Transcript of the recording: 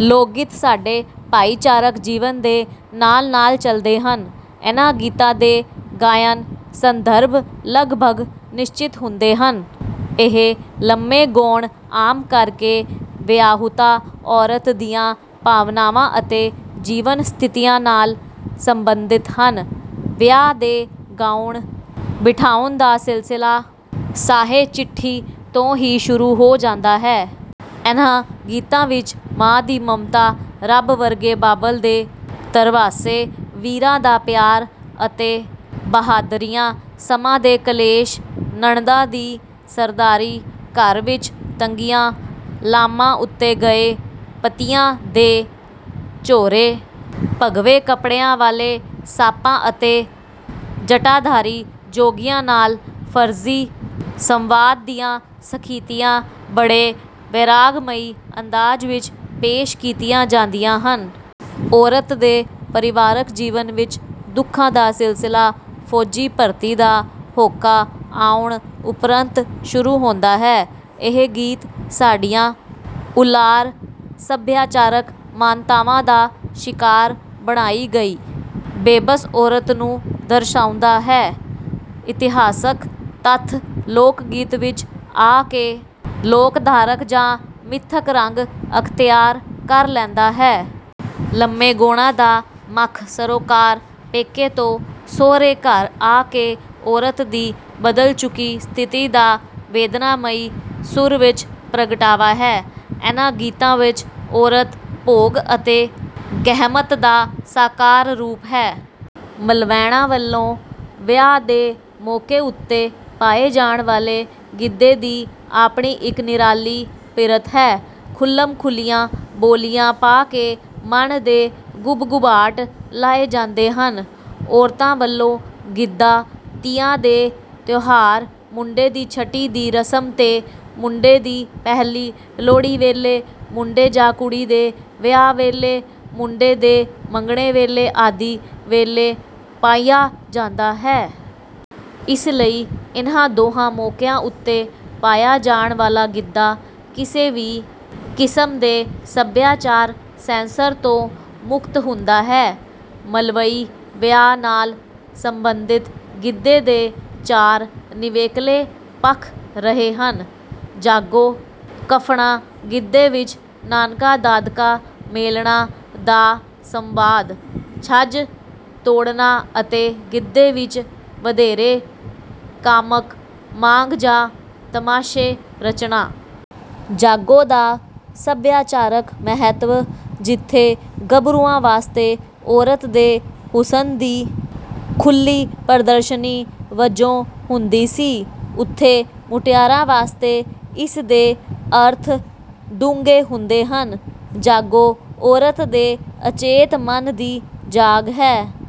ਲੋਕਗੀਤ ਸਾਡੇ ਭਾਈਚਾਰਕ ਜੀਵਨ ਦੇ ਨਾਲ, ਨਾਲ ਚਲਦੇ ਹਨ। ਇਹਨਾਂ ਗੀਤਾਂ ਦੇ ਗਾਇਨ-ਸੰਦਰਭ ਲਗਭਗ ਨਿਸ਼ਚਿਤ ਹੁੰਦੇ ਹਨ। ਇਹ ਲੰਮੇ ਗੌਣ ਆਮ ਕਰਕੇ ਵਿਆਹੁਤਾ ਔਰਤ ਦੀਆਂ ਭਾਵਨਾਵਾਂ ਅਤੇ ਜੀਵਨ ਸਥਿਤੀਆਂ ਨਾਲ ਸੰਬੰਧਿਤ ਹਨ। ਵਿਆਹ ਦੇ ਗਾਉਣ ਬਿਠਾਉਣ ਦਾ ਸਿਲਸਿਲਾ 'ਸਾਹੇ ਚਿੱਠੀ' ਤੋਂ ਹੀ ਸ਼ੂਰੁ ਹੋ ਜਾਂਦਾ ਹੈ। ਇਹਨਾਂ ਗੀਤਾਂ ਵਿਚ ਮਾਂ ਦੀ ਮਮਤਾ, ਰੱਬ ਵਰਗੇ ਬਾਬਲ ਦੇ ਧਰਵਾਸੇ, ਵੀਰਾਂ ਦਾ ਪਿਆਰ ਅਤੇ ਬਹਾਦਰੀਆਂ, ਸੱਸਾਂ ਦੇ ਕਲੇਸ਼, ਨਣਦਾਂ ਦੀ ਸਰਦਾਰੀ, ਘਰ ਵਿਚ ਤੰਗੀਆਂ, ਲਾਮਾਂ ਉੱਤੇ ਗਏ ਪਤੀਆਂ ਦੇ ਝੋਰੇ, ਭਗਵੇਂ ਕੱਪੜਿਆਂ ਵਾਲੇ ਸਾਧਾਂ ਅਤੇ ਜਟਾਧਾਰੀ ਜੋਗੀਆਂ ਨਾਲ ਫਰਜ਼ੀ ਸੰਵਾਦ ਦੀਆਂ ਸਥਿਤੀਆਂ ਬੜੇ ਵੈਰਾਗਮਈ ਅੰਦਾਜ਼ ਵਿਚ ਪੇਸ਼ ਕੀਤੀਆਂ ਜਾਂਦੀਆਂ ਹਨ। ਔਰਤ ਦੇ ਪਰਿਵਾਰਕ ਜੀਵਨ ਵਿਚ ਦੁੱਖਾਂ ਦਾ ਸਿਲਸਿਲਾ ਫੌਜੀ ਭਰਤੀ ਦਾ ਹੋਕਾ ਆਉਣ ਉਪਰੰਤ ਸ਼ੁਰੂ ਹੁੰਦਾ ਹੈ। ਇਹ ਗੀਤ ਸਾਡੀਆਂ ਉਲਾਰ ਸਭਿਆਚਾਰਕ ਮਾਨਤਾਵਾਂ ਦਾ ਸ਼ਿਕਾਰ ਬਣਾਈ ਗਈ ਬੇਬਸ ਔਰਤ ਨੂੰ ਦਰਸਾਉਂਦਾ ਹੈ। ਇਤਿਹਾਸਕ ਤੱਥ ਲੋਕਗੀਤ ਵਿਚ ਆ ਕੇ ਲੋਕਧਾਰਕ ਜਾਂ ਮਿੱਥਕ ਰੰਗ ਅਖਤਿਆਰ ਕਰ ਲੈਂਦਾ ਹੈ। ਲੰਮੇ ਗੌਣਾਂ ਦਾ ਮੱਖ ਸਰੋਕਾਰ ਪੇਕੇ ਤੋਂ ਸੌਹਰੇ ਘਰ ਆ ਕੇ ਔਰਤ ਦੀ ਬਦਲ ਚੁੱਕੀ ਸਥਿਤੀ ਦਾ ਵੇਦਨਾਮਈ ਸੁਰ ਵਿਚ ਪ੍ਗਟਾਵਾ ਹੈ। ਇਹਨਾ ਗੀਤਾਂ ਵਿਚ ਔਰਤ ਭੋਗ ਅਤੇ ਗਹਿਸਤ ਦਾ ਸਾਕਾਰ ਰੂਪ ਹੈ। ਮਲਵੈਣਾਂ ਵੱਲੋਂ ਵਿਆਹ ਦੇ ਮੌਕੇ ਉੱਤੇ ਪਾਏ ਜਾਣ ਵਾਲੇ ਗਿੱਧੇ ਦੀ ਆਪਣੀ ਇਕ ਨਿਰਾਲੀ ਪਿਰਤ ਹੈ। ਖੁੱਲ੍ਹਮ ਖੁੱਲ੍ਹੀਆਂ ਬੋਲੀਆਂ ਪਾ ਕੇ ਮਨ ਦੇ ਗੁਭ ਗੁਭਾਟ ਲਾਹੇ ਜਾਂਦੇ ਹਨ। ਔਰਤਾਂ ਵੱਲੋਂ ਗਿੱਧਾ ਤੀਆਂ ਦੇ ਤਿਉਹਾਰ, ਮੁੰਡੇ ਦੀ ਛਟੀ ਦੀ ਰਸਮ ਤੇ, ਮੁੰਡੇ ਦੀ ਪਹਿਲੀ ਲੋਹੜੀ ਵੇਲੇ, ਮੁੰਡੇ ਜਾਂ ਕੁੜੀ ਦੇ ਵਿਆਹ ਵੇਲੇ, ਮੁੰਡੇ ਦੇ ਮੰਗਣੇ ਵੇਲੇ ਆਦਿ ਵੇਲੇ ਪਾਇਆ ਜਾਂਦਾ ਹੈ। ਇਸ ਲਈ ਇਨ੍ਹਾਂ ਦੋਹਾਂ ਮੌਕਿਆਂ ਉੱਤੇ ਪਾਇਆ ਜਾਣ ਵਾਲਾ ਗਿੱਧਾ ਕਿਸੇ ਵੀ ਕਿਸਮ ਦੇ ਸਭਿਆਚਾਰ ਸੈਂਸਰ ਤੋਂ ਮੁਕਤ ਹੁੰਦਾ ਹੈ। ਮਲਵਈ ਵਿਆਹ ਨਾਲ ਸੰਬੰਧਿਤ ਗਿੱਧੇ ਦੇ ਚਾਰ ਨਿਵੇਕਲੇ ਪੱਖ ਰਹੇ ਹਨ: ਜਾਗੋ ਕੱਢਣਾ, ਗਿੱਧੇ ਵਿਚ ਨਾਨਕਾ-ਦਾਦਕਾ ਮੇਲਣਾਂ ਦਾ ਸੰਵਾਦ, ਛੱਜ ਤੋੜਨਾ ਅਤੇ ਗਿੱਧੇ ਵਿਚ ਵਧੇਰੇ ਕਾਮਕ ਸਾਂਗ ਜਾਂ ਤਮਾਸ਼ੇ ਰਚਣਾ। ਜਾਗੋ ਦਾ ਸਭਿਆਚਾਰਕ ਮਹੱਤਵ ਜਿੱਥੇ ਗਭਰੂਆਂ ਵਾਸਤੇ ਔਰਤ ਦੇ ਹੁਸਨ ਦੀ ਖੁੱਲ੍ਹੀ ਪ੍ਦਰਸ਼ਨੀ ਵਜੋਂ ਹੁੰਦਾ ਸੀ ਉਥੇ ਮੁਟਿਆਰਾਂ ਵਾਸਤੇ ਇਸ ਦੇ ਅਰਥ ਡੂੰਘੇ ਹੁੰਦੇ ਹਨ। ਜਾਗੋ ਔਰਤ ਦੇ ਅਚੇਤ ਮਨ ਦੀ ਜਾਗ ਹੈ।